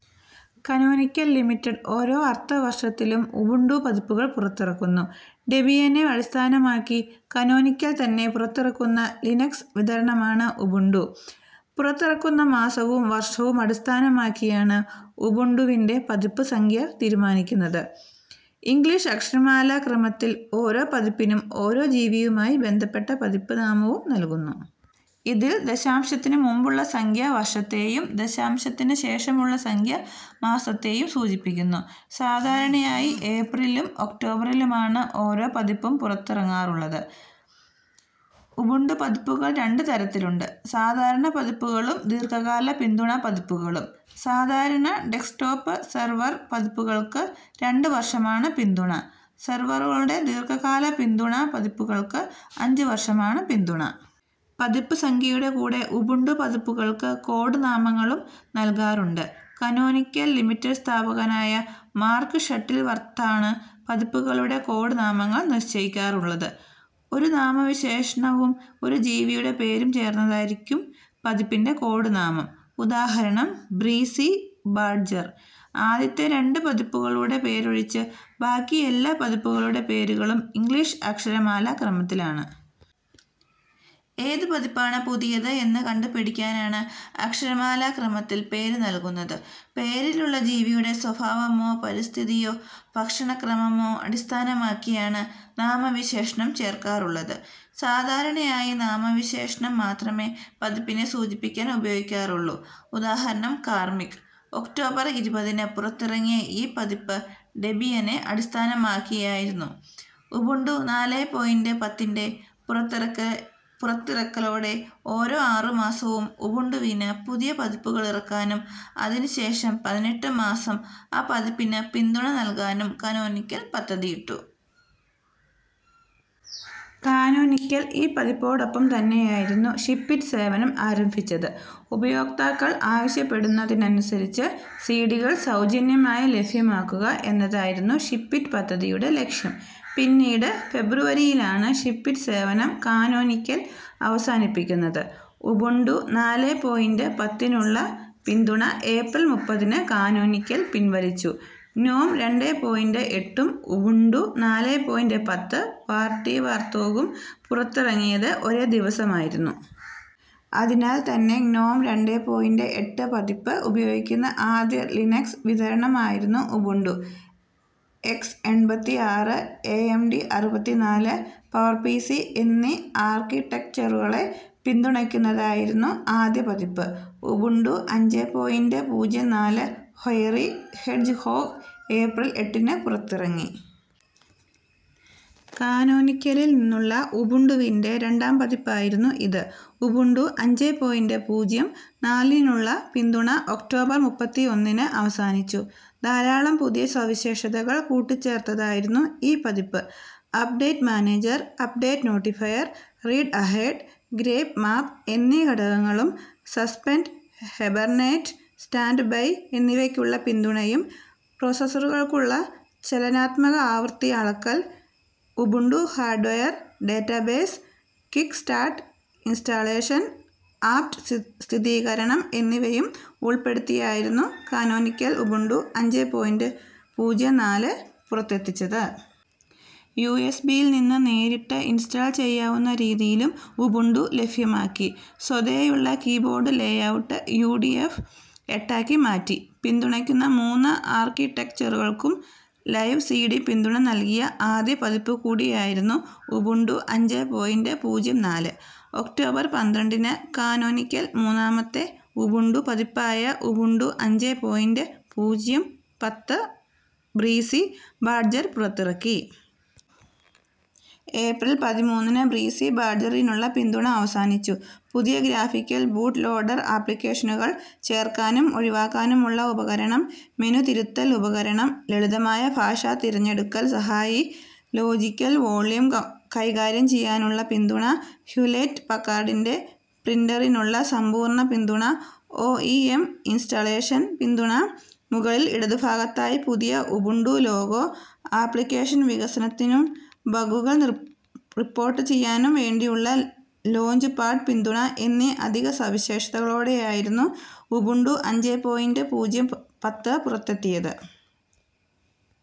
Canonical limited ഓരോ അർദ്ധവർഷത്തിലും Ubuntu പതിപ്പുകൾ പുറത്തിറക്കുന്നു. ഡെബിയനെ അടിസ്ഥാനമാക്കി കാനോനിക്കൽ തന്നെ പുറത്തിറക്കുന്ന ലിനക്സ് വിതരണമാണ് ഉബുണ്ടു. പുറത്തിറക്കുന്ന മാസവും വർഷവും അടിസ്ഥാനമാക്കിയാണ് ഉബുണ്ടുവിൻ്റെ പതിപ്പ് സംഖ്യ തീരുമാനിക്കുന്നത്. ഇംഗ്ലിഷ് അക്ഷരമാലാ ക്രമത്തിൽ ഓരോ പതിപ്പിനും ഓരോ ജീവിയുമായി ബന്ധപ്പെട്ട പതിപ്പ് നാമവും നൽകുന്നു. ഇതിൽ ദശാംശത്തിന് മുമ്പുള്ള സംഖ്യ വർഷത്തേയും ദശാംശത്തിന് ശേഷമുള്ള സംഖ്യ മാസത്തേയും സൂചിപ്പിക്കുന്നു. സാധാരണയായി ഏപ്രിലിലും ഒക്ടോബറിലുമാണ് ഓരോ പതിപ്പും പുറത്തിറങ്ങാറുള്ളത്. ഉബുണ്ടു പതിപ്പുകൾ രണ്ട് തരത്തിലുണ്ട്. സാധാരണ പതിപ്പുകളും ദീർഘകാല പിന്തുണാ പതിപ്പുകളും. സാധാരണ ഡെസ്ക്ടോപ്പ്, സെർവർ പതിപ്പുകൾക്ക് രണ്ട് വർഷമാണ് പിന്തുണ. സെർവറുകളുടെ ദീർഘകാല പിന്തുണാ പതിപ്പുകൾക്ക് അഞ്ച് വർഷമാണ് പിന്തുണ. പതിപ്പ് സംഖ്യയുടെ കൂടെ ഉബുണ്ടു പതിപ്പുകൾക്ക് കോഡ് നാമങ്ങളും നൽകാറുണ്ട്. കാനോനിക്കൽ ലിമിറ്റഡ് സ്ഥാപകനായ മാർക്ക് ഷട്ടിൽവർത്താണ് പതിപ്പുകളുടെ കോഡ് നാമങ്ങൾ നിശ്ചയിക്കാറുള്ളത്. ഒരു നാമവിശേഷണവും ഒരു ജീവിയുടെ പേരും ചേർന്നതായിരിക്കും പതിപ്പിൻ്റെ കോഡ് നാമം. ഉദാഹരണം ബ്രീസി ബാഡ്ജർ. ആദ്യത്തെ രണ്ട് പതിപ്പുകളുടെ പേരൊഴിച്ച് ബാക്കിയെല്ലാ പതിപ്പുകളുടെ പേരുകളും ഇംഗ്ലിഷ് അക്ഷരമാലാ ക്രമത്തിലാണ്. ഏത് പതിപ്പാണ് പുതിയത് എന്ന് കണ്ടുപിടിക്കാനാണ് അക്ഷരമാലാക്രമത്തിൽ പേര് നൽകുന്നത്. പേരിലുള്ള ജീവിയുടെ സ്വഭാവമോ പരിസ്ഥിതിയോ ഭക്ഷണക്രമമോ അടിസ്ഥാനമാക്കിയാണ് നാമവിശേഷണം ചേർക്കാറുള്ളത്. സാധാരണയായി നാമവിശേഷണം മാത്രമേ പതിപ്പിനെ സൂചിപ്പിക്കാൻ ഉപയോഗിക്കാറുള്ളൂ. ഉദാഹരണം കാർമിക്. ഒക്ടോബർ ഇരുപതിന് പുറത്തിറങ്ങിയ ഈ പതിപ്പ് ഡെബിയനെ അടിസ്ഥാനമാക്കിയായിരുന്നു. ഉബുണ്ടു നാലെ പോയിൻ്റ് പത്തിൻ്റെ പുറത്തിറക്കലോടെ ഓരോ ആറു മാസവും ഉബുണ്ടുവിന് പുതിയ പതിപ്പുകളിറക്കാനും അതിന് ശേഷം പതിനെട്ട് മാസം ആ പതിപ്പിന് പിന്തുണ നൽകാനും കാനോനിക്കൽ പദ്ധതിയിട്ടു. കാനോനിക്കൽ ഈ പതിപ്പോടൊപ്പം തന്നെയായിരുന്നു ഷിപ്പിറ്റ് സേവനം ആരംഭിച്ചത്. ഉപയോക്താക്കൾ ആവശ്യപ്പെടുന്നതിനനുസരിച്ച് സീഡികൾ സൗജന്യമായി ലഭ്യമാക്കുക എന്നതായിരുന്നു ഷിപ്പിറ്റ് പദ്ധതിയുടെ ലക്ഷ്യം. പിന്നീട് ഫെബ്രുവരിയിലാണ് ഷിപ്പിറ്റ് സേവനം കാനോനിക്കൽ അവസാനിപ്പിക്കുന്നത്. ഉബുണ്ടു നാലെ പോയിൻ്റ് പത്തിനുള്ള പിന്തുണ ഏപ്രിൽ മുപ്പതിന് കാനോനിക്കൽ പിൻവലിച്ചു. ഗ്നോം രണ്ടെ പോയിൻ്റ് എട്ടും ഉബുണ്ടു നാലെ പോയിൻ്റ് പത്ത് വാർറ്റി വാർത്തോഗും പുറത്തിറങ്ങിയത് ഒരേ ദിവസമായിരുന്നു. അതിനാൽ തന്നെ ഗ്നോം രണ്ടെ പോയിൻ്റ് എട്ട് പതിപ്പ് ഉപയോഗിക്കുന്ന ആദ്യ ലിനക്സ് വിതരണം ആയിരുന്നു ഉബുണ്ടു. എക്സ് എൺപത്തിആറ്, എഎംഡി അറുപത്തിനാല്, പവർപിസി എന്നീ ആർക്കിടെക്ചറുകളെ പിന്തുണക്കുന്നതായിരുന്നു ആദ്യ പതിപ്പ്. ഉബുണ്ടു അഞ്ചെ പോയിൻ്റ് പൂജ്യം നാല് ഹൊയറി ഹെഡ്ജ്ഹോഗ് ഏപ്രിൽ എട്ടിന് പുറത്തിറങ്ങി. കാനോനിക്കലിൽ നിന്നുള്ള ഉബുണ്ടുവിൻ്റെ രണ്ടാം പതിപ്പായിരുന്നു ഇത്. ഉബുണ്ടു അഞ്ചെ പോയിൻ്റ് പൂജ്യം നാലിനുനുള്ള പിന്തുണ ഒക്ടോബർ മുപ്പത്തിഒന്നിന് അവസാനിച്ചു. ധാരാളം പുതിയ സവിശേഷതകൾ കൂട്ടിച്ചേർത്തതായിരുന്നു ഈ പതിപ്പ്. Update manager, update notifier, readahead, grep map എന്നീ ഘടകങ്ങളും സസ്പെൻഡ്, ഹൈബർനേറ്റ്, സ്റ്റാൻഡ്ബൈ എന്നിവക്കുള്ള പിന്തുണയും പ്രൊസസറുകൾക്കുള്ള ചലനാത്മക ആവൃത്തി അളക്കൽ, Ubuntu hardware database, kickstart installation, apt സ്ഥിരീകരണം എന്നിവയും ഉൾപ്പെടുത്തിയായിരുന്നു കാനോനിക്കൽ ഉബുണ്ടു അഞ്ചെ പോയിൻ്റ് പൂജ്യം നാല് പുറത്തെത്തിച്ചത്. യുഎസ്ബിയിൽ നിന്ന് നേരിട്ട് ഇൻസ്റ്റാൾ ചെയ്യാവുന്ന രീതിയിലും ഉബുണ്ടു ലഭ്യമാക്കി. സ്വതേയുള്ള keyboard layout U. T. F എട്ടാക്കി മാറ്റി. പിന്തുണക്കുന്ന മൂന്ന് ആർക്കിടെക്ചറുകൾക്കും ലൈവ് സീഡി പിന്തുണ നൽകിയ ആദ്യ പതിപ്പ് കൂടിയായിരുന്നു ഉബുണ്ടു അഞ്ചെ പോയിൻ്റ് പൂജ്യം നാല്. ഒക്ടോബർ പന്ത്രണ്ടിന് കാനോനിക്കൽ മൂന്നാമത്തെ ഉബുണ്ടു പതിപ്പായ ഉബുണ്ടു അഞ്ചെ പോയിൻ്റ് പൂജ്യം പത്ത് ബ്രീസി ബാഡ്ജർ പുറത്തിറക്കി. ഏപ്രിൽ പതിമൂന്നിന് ബ്രീസി ബാഡ്ജറിനുള്ള പിന്തുണ അവസാനിച്ചു. പുതിയ ഗ്രാഫിക്കൽ ബൂട്ട് ലോഡർ, ആപ്ലികേഷനുകൾ ചേർക്കാനും ഒഴിവാക്കാനുമുള്ള ഉപകരണം, മെനു തിരുത്തൽ ഉപകരണം, ലളിതമായ ഭാഷാ തിരഞ്ഞെടുക്കൽ സഹായി, ലോജികൽ വോള്യം കൈകാര്യം ചെയ്യാനുള്ള പിന്തുണ, ഹ്യൂലെറ്റ് പക്കാർഡിൻ്റെ പ്രിൻ്ററിനുള്ള സമ്പൂർണ്ണ പിന്തുണ, ഓഇഎം ഇൻസ്റ്റാളേഷൻ പിന്തുണ, മുകളിൽ ഇടതു ഭാഗത്തായി പുതിയ ഉബുണ്ടു ലോഗോ, ആപ്ലികേഷൻ വികസനത്തിനും ബഗ്ഗുകൾ റിപ്പോട്ട് ചെയ്യാനും വേണ്ടിയുള്ള ലോഞ്ച്പാഡ് പിന്തുണ എന്നീ അധിക സവിശേഷതകളോടെയായിരുന്നു ഉബുണ്ടു അഞ്ചെ പോയിൻ്റ് പൂജ്യം പത്ത് പുറത്തെത്തിയത്.